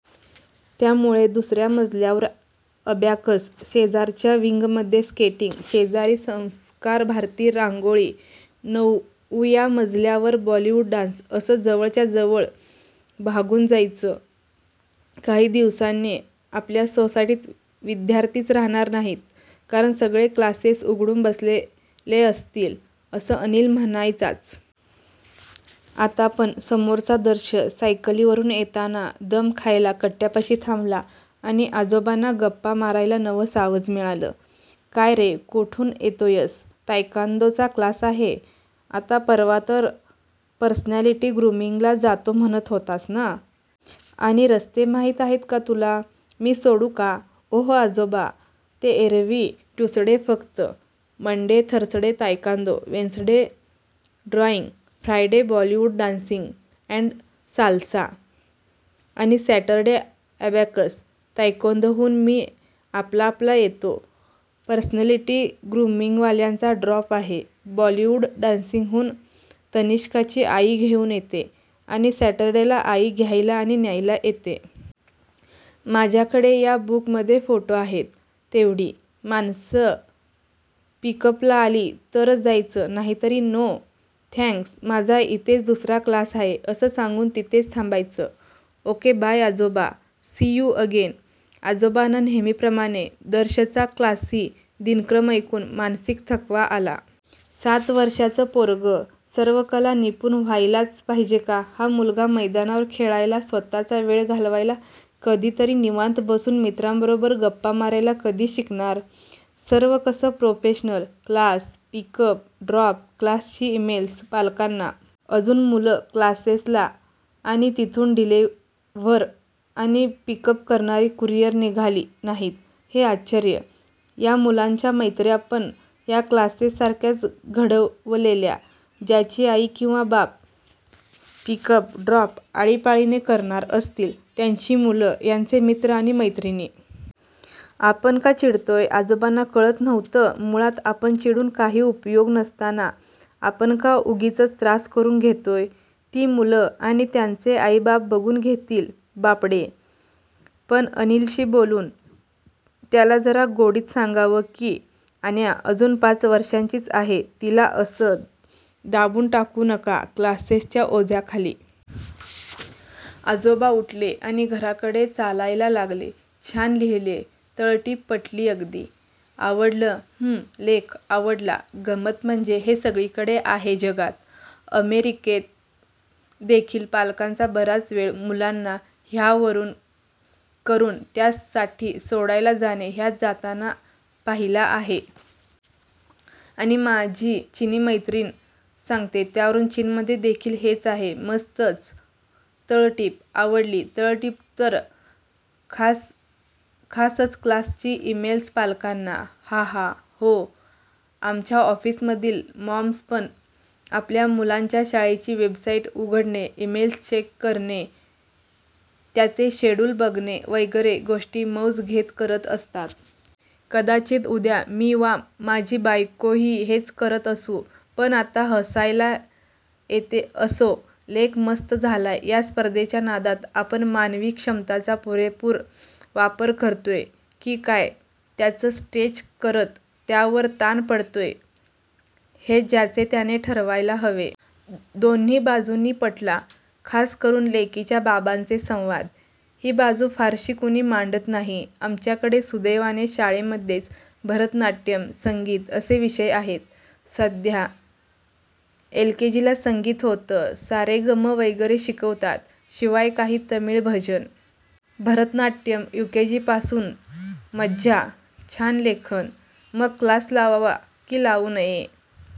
त्यामुळे दुसर्या मजल्यावर अबॅकस, शेजारच्या विंगमध्ये स्केटिंग, शेजारी संस्कारभारती रांगोळी, नऊव्या मजल्यावर "बॉलीवूड डान्स" असं जवळच्या जवळ भागून जायचं. "काही दिवसांनी आपल्या सोसायटीत विद्यार्थीच राहणार नाहीत कारण सगळे क्लासेस उघडून बसलेले असतील" असं अनिल म्हणायचाच. आता पण समोरचा दर्श सायकलीवरुन येताना दम खायला कट्ट्यापाशी थांबला आणि आजोबांना गप्पा मारायला नवं सावज मिळालं. "काय रे कुठून येतोयस? " "तायक्वांदोचा क्लास आहे. " "आता परवा तर पर्सनॅलिटी ग्रूमिंगला जातो म्हणत होतास ना? आणि रस्ते माहित आहेत का तुला? मी सोडू का? " "ओह आजोबा, ते एव्हरी ट्युसडे फक्त. Monday, Thursday taekwondo, Wednesday drawing, Friday Bollywood dancing and salsa, आणि सॅटरडे अबॅकस. तायक्वांदोहून मी आपला आपला येतो, पर्सनॅलिटी ग्रूमिंगवाल्यांचा ड्रॉप आहे, बॉलीवूड डान्सिंगहून तनिश्काची आई घेऊन येते, आणि सॅटरडे ला आई घ्यायला आणि न्यायला येते. माझ्याकडे या बुक मध्ये फोटो आहेत तेवढी माणसं पिक अप ला आली तरच जायचं नाहीतर "नो, थॅंक्स, माझा इथेच दुसरा क्लास आहे" असं सांगून तिथेच थांबायचं. ओके बाय आजोबा!! See you again! " आजोबांना नेहमीप्रमाणे दर्शचा 'क्लासी' दिनक्रम ऐकून मानसिक थकवा आला. "सात वर्षाचं पोरगं सर्वकला निपुण व्हायलाच पाहिजे का? हा मुलगा मैदानावर खेळायला, स्वतःचा वेळ घालवायला, कधीतरी निवांत बसून मित्रांबरोबर गप्पा मारायला कधी शिकणार? सर्व कसं professional. Class, pick up, drop, क्लासची इमेल्स पालकांना. अजून मुलं क्लासेस ला आणि तिथून डिलीव्हर आणि पिक अप करणारी कुरियर निघाली नाहीत हे आश्चर्य. या मुलांच्या मैत्र्या पण या क्लासेस सारख्याच घडवलेल्या. ज्याची आई किंवा बाप पिक अप ड्रॉप आळीपाळीने करणार असतील त्यांची मुलं यांचे मित्र आणि मैत्रिणी. " आपण का चिडतोय आजोबांना कळत नव्हतं. मुळात आपण चिडून काही उपयोग नसताना आपण का उगीचच त्रास करुन घेतोय? ती मुलं आणि त्यांचे आईबाप बघून घेतील बापडे. पण अनिलशी बोलून त्याला जरा गोडीत सांगावं की आन्या अजून पाच वर्षांचीच आहे, तिला असं दाबून टाकू नका क्लासेस च्या ओझ्याखाली. आजोबा उठले आणि घराकडे चालयाला लागले. छान लिहीलयं. तळटीप पटली अगदी. आवडलंह्म्मलेख आवडला. गंमत म्हणजे हे सगळीकडे आहे जगात! अमेरिकेत देखिल पालकांचा बराचवेळ मुलांना ह्या वरून करून त्या साठी सोडायला जाणे ह्यात जाताना पाहिला आहे! आणि माझी चीनी मैत्रीण सांगते त्यावरून चीनमधे देखिल हेच आहे! मस्तंचतळटीप आवडली. तळटीप तर खासचक्लासची इमेल्स पालकांना. >> हा हा, हो. आमच्या ऑफिसमधील मॉम्स पण आपल्या मुलांच्या शाळेची वेबसाईट उघडणे, इमेल्स चेक करणे, त्याचे शेडुल बघणे वगैरे गोष्टी मौज घेत करत असतात. कदाचित उद्या मी वा माझी बायकोही हेच करत असू पण आता हसायला येतेअसो, लेख मस्त झालाय.. या स्पर्धेच्या नादात आपण मानवी क्षमतांचा पुरेपूर वापर करतोय की त्या स्ट्रेच करत त्यावर ताण पाडतोय हे ज्याचे त्याने ठरवायला हवे. दोन्ही बाजूंनी पटला. खास करून लेकीच्या बाबाचे संवाद!! ही बाजू फारशी कुणी मांडत नाही. आमच्याकडे सुदैवाने शाळेमध्येच भरतनाट्यम, संगीत असे विषय आहेत. सध्या एलकेजीला संगीत होतं. सारेगम वगैरे शिकवतात. शिवाय काही तमिळ भजनं. भरतनाट्यम युकेजीपासून. मज्जा!!! छान लेखन! मग क्लास लावावा की लावु नये?